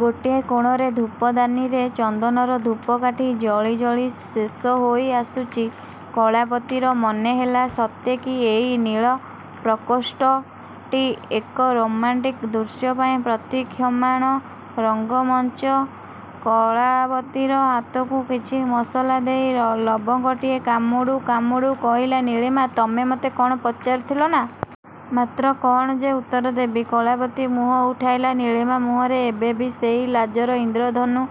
ଗୋଟିଏ କୋଣରେ ଧୂପଦାନୀରେ, ଚନ୍ଦନର ଧୂପକାଠି ଜଳିଜଳି ଶେଷ ହୋଇ ଆସୁଚି। କଳାବତୀର ମନେହେଲା ସତେକି ଏଇ ନୀଳ ପ୍ରକୋଷ୍ଠଟି ଏକ ରୋମାଣ୍ଟିକ୍ ଦୃଶ୍ୟ ପାଇଁ ପ୍ରତୀକ୍ଷମାଣ ରଙ୍ଗମଞ୍ଚ। କଳାବତୀର ହାତକୁ କିଛି ମସଲା ଦେଇ, ଲବଙ୍ଗଟିଏ କାମୁଡ଼ୁ କାମୁଡ଼ୁ କହିଲା ନୀଳିମା–ତମେ ମତେ କ'ଣ ପଚାରୁଥିଲ ନା? ମାତ୍ର କ'ଣ ଯେ ଉତ୍ତର ଦେବି। କଳାବତୀ ମୁହଁ ଉଠାଇଲା–! ନୀଳିମା ମୁହଁରେ ଏବେ ବି ସେଇ ଲାଜର ଇନ୍ଦ୍ରଧନୁ।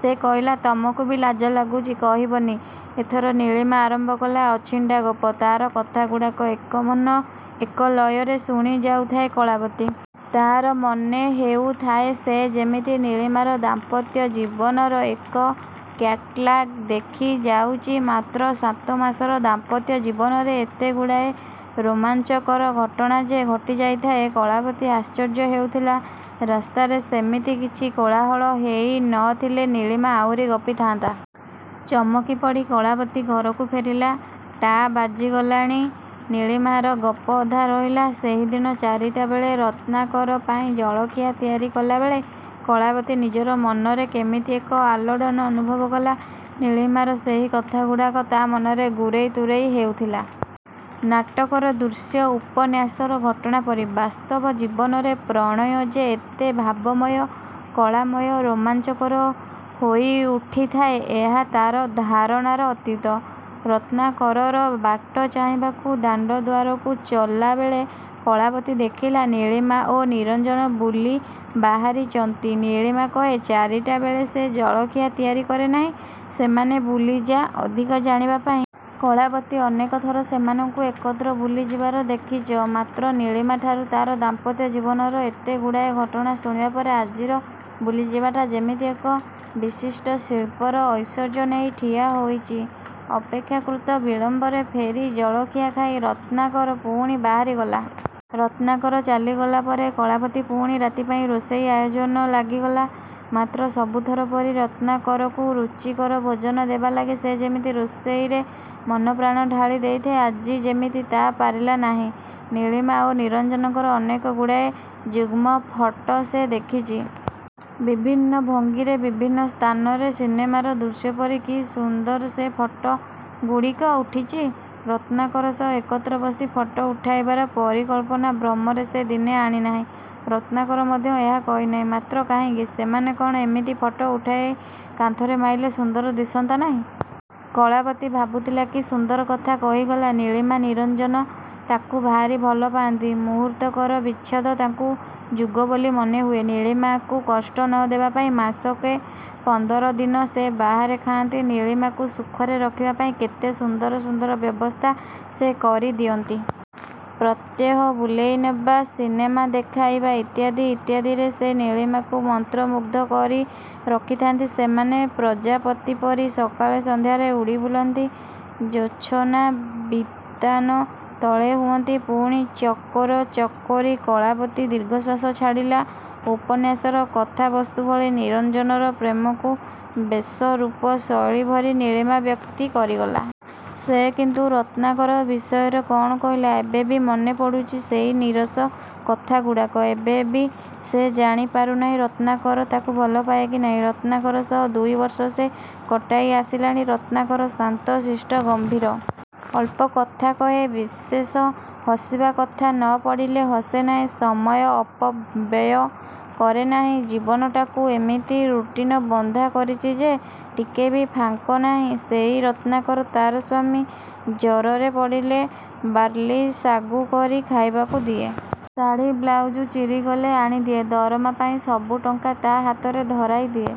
ସେ କହିଲା–ତମକୁ ବି ଲାଜ ଲାଗୁଚି! କହିବନି? ଏଥର ନୀଳିମା ଆରମ୍ଭ କଲା ଅଛିଣ୍ଡାଗପ…। ତା'ର କଥାଗୁଡ଼ାକ ଏକମନ, ଏକଲୟରେ ଶୁଣି ଯାଉଥାଏ କଳାବତୀ। ତାର ମନେ ହେଉଥାଏ ସେ ଯେମିତି ନିଳୀମାର ଦାମ୍ପତ୍ୟ ଜୀବନର ଏକ କ୍ୟାଟ୍ଲାଗ ଦେଖି ଯାଉଚି। ମାତ୍ର ସାତମାସର ଦାମ୍ପତ୍ୟ ଜୀବନରେ ଏତେଗୁଡ଼ାଏ ରୋମାଂଚକର ଘଟଣା ଯେ' ଘଟିଯାଇଥାଏ, କଳାବତୀ ଆଶ୍ଚର୍ଯ୍ୟ ହେଉଥିଲା। ରାସ୍ତାରେ ସେମିତି କିଛି କୋଳାହଳ ହେଇ ନ ଥିଲେ ନୀଳିମା ଆହୁରି ଗପିଥାନ୍ତା। ଚମକି ପଡ଼ି କଳାବତୀ ଘରକୁ ଫେରିଲା! ଟା ବାଜିଗଲାଣି। ନୀଳିମାର ଗପ ଅଧା ରହିଲା– ସେହିଦିନ ଚାରିଟା ବେଳେ, ରତ୍ନାକର ପାଇଁ ଜଳଖିଆ ତିଆରି କଲାବେଳେ, କଳାବତୀ ନିଜର ମନରେ କେମିତି ଏକ ଆଲୋଡ଼ନ ଅନୁଭବ କଲା। ନୀଳିମାର ସେହି କଥାଗୁଡ଼ାକ, ତା' ମନରେ ଗୁରେଇ ତୁରେଇ ହେଉଥିଲା। ନାଟକର ଦୃଶ୍ୟ, ଉପନ୍ୟାସର ଘଟଣା ପରି, ବାସ୍ତବ ଜୀବନରେ ପ୍ରଣୟ ଯେ ଏତେ ଭାବମୟ, କଳାମୟ, ରୋମାଞ୍ଚକର ହୋଇ ଉଠିଥାଏ ଏହା ତାର ଧାରଣାର ଅତୀତ। ରତ୍ନାକରର ବାଟ ଚାହିଁବାକୁ ଦାଣ୍ଡଦ୍ୱାରକୁ ଚଲାବେଳେ କଳାବତୀ ଦେଖିଲା, ନୀଳିମା ଓ ନିରଞ୍ଜନ ବୁଲି ବାହାରିଚନ୍ତି। ନୀଳିମା କହେ ଚାରିଟା ବେଳେ ସେ ଜଳଖିଆ ତିଆରି କରେ ନାହିଁ, ସେମାନେ ବୁଲିଯାଇ ବାହାରେ ଖାଇ ନିଅନ୍ତି। କଳାବତୀ ଅନେକ ଥର ସେମାନଙ୍କୁ ଏକତ୍ର ବୁଲିଯିବାର ଦେଖିଚ। ମାତ୍ର ନୀଳିମାଠାରୁ ତାର ଦାମ୍ପତ୍ୟ ଜୀବନର ଏତେଗୁଡ଼ାଏ ଘଟଣା ଶୁଣିବା ପରେ, ଆଜିର ବୁଲିଯିବାଟା ଯେମିତି ଏକ ବିଶିଷ୍ଟ ଶିଳ୍ପର ଐଶ୍ୱର୍ଯ୍ୟ ନେଇ ଠିଆ ହୋଇଚି। ଅପେକ୍ଷାକୃତ ବିଳମ୍ବରେ ଫେରି ଜଳଖିଆ ଖାଇ, ରତ୍ନାକର ପୁଣି ବାହାରିଗଲା। ରତ୍ନାକର ଚାଲିଗଲା ପରେ କଳାବତୀ ପୁଣି ରାତି ପାଇଁ ରୋଷେଇ ଆୟୋଜନ ଲାଗିଗଲା। ମାତ୍ର ସବୁ ଥର ପରି ରତ୍ନାକରକୁ ରୁଚିକର ଭୋଜନ ଦେବା ଲାଗି ସେ ଯେମିତି ରୋଷେଇରେ ମନପ୍ରାଣ ଢାଳି ଦେଇଥାଏ, ଆଜି ଯେମିତି ତା' ପାରିଲା ନାହିଁ। ନୀଳିମା ଓ ନିରଞ୍ଜନଙ୍କର ଅନେକଗୁଡ଼ାଏ ଯୁଗ୍ମଫଟ ସେ ଦେଖିଚି। ବିଭିନ୍ନ ଭଙ୍ଗୀରେ, ବିଭିନ୍ନ ସ୍ଥାନରେ। ସିନେମାର ଦୃଶ୍ୟପରି କି ସୁନ୍ଦର ସେ ଫଟଗୁଡ଼ିକ ଉଠିଚି। ରତ୍ନାକର ସହ ଏକତ୍ର ବସି ଫଟ ଉଠାଇବାର ପରିକଳ୍ପନା ଭ୍ରମରେ ସେ ଦିନେ ଆଣି ନାହିଁ। ରତ୍ନାକର ମଧ୍ୟ ଏହା କହିନାହିଁ। ମାତ୍ର କାହିଁକି? ସେମାନେ କ'ଣ ଏମିତି ଫଟ ଉଠାଇ କାନ୍ଥରେ ମାଇଲେ ସୁନ୍ଦର ଦିଶନ୍ତା ନାହିଁ? କଳାବତୀ ଭାବୁଥିଲା–କି ସୁନ୍ଦର କଥା କହିଗଲା ନୀଳିମା–ନିରଞ୍ଜନ ତାକୁ ଭାରି ଭଲ ପାଆନ୍ତି। ମୁହୂର୍ତ୍ତକର ବିଚ୍ଛେଦ ତାଙ୍କୁ ଯୁଗ ବୋଲି ମନେହୁଏ। ନୀଳିମାକୁ କଷ୍ଟ ନ ଦେବା ପାଇଁ ମାସକେ ପନ୍ଦର ଦିନ ସେ ବାହାରେ ଖାଆନ୍ତି। ନୀଳିମାକୁ ସୁଖରେ ରଖିବା ପାଇଁ କେତେ ସୁନ୍ଦର ସୁନ୍ଦର ବ୍ୟବସ୍ଥା ସେ କରି ଦିଅନ୍ତି। ପ୍ରତ୍ୟେହ ବୁଲେଇ ନେବା, ସିନେମା ଦେଖାଇବା, ଇତ୍ୟାଦି ଇତ୍ୟାଦିରେ ସେ ନୀଳିମାକୁ ମନ୍ତ୍ର ମୁଗ୍ଧ କରି ରଖିଥାନ୍ତି। ସେମାନେ ପ୍ରଜାପତିପରି ସକାଳେ ସନ୍ଧ୍ୟାରେ ଉଡ଼ି ବୁଲନ୍ତି। ଜୋଛନା ବିତାନ ତଳେ ହୁଅନ୍ତି ପୁଣି ଚକୋର, ଚକୋରୀ। କଳାବତୀ ଦୀର୍ଘଶ୍ଵାସ ଛାଡ଼ିଲା। ଉପନ୍ୟାସର କଥାବସ୍ତୁ ଭଳି ନିରଞ୍ଜନର ପ୍ରେମକୁ ବେଶ ରୂପ ଶୈଳୀ ଭରି ନୀଳିମା ବ୍ୟକ୍ତି କରିଗଲା। ସେ କିନ୍ତୁ ରତ୍ନାକର ବିଷୟରେ କ'ଣ କହିଲା-? ଏବେ ବି ମନେ ପଡ଼ୁଚି ସେଇ ନୀରସ କଥାଗୁଡ଼ାକ। ଏବେ ବି ସେ ଜାଣି ପାରୁନାହିଁ ରତ୍ନାକର ତାକୁ ଭଲପାଏ କି ନାହିଁ, ରତ୍ନାକର ସହ ଦୁଇବର୍ଷ ସେ କଟାଇ ଆସିଲାଣି। ରତ୍ନାକର ଶାନ୍ତ, ଶିଷ୍ଟ, ଗମ୍ଭୀର। ଅଳ୍ପକଥା କହେ। ବିଶେଷ ହସିବା କଥା ନ ପଡ଼ିଲେ ହସେ ନାହିଁ। ସମୟ ଅପବ୍ୟୟ କରେ ନାହିଁ। ଜୀବନଟାକୁ ଏମିତି ରୁଟିନ ବନ୍ଧା କରିଚି ଯେ, ଟିକେ ବି ଫାଙ୍କ ନାହିଁ। ସେଇ ରତ୍ନାକର ତାର ସ୍ୱାମୀ। ଜରରେ ପଡ଼ିଲେ ବାର୍ଲିସାଗୁ କରି ଖାଇବାକୁ ଦିଏ। ଶାଢ଼ି ବ୍ଲାଉଜ ଚିରି ଗଲେ ଆଣିଦିଏ। ଦରମା ପାଇଁ ସବୁଟଙ୍କା ତା' ହାତରେ ଧରାଇଦିଏ।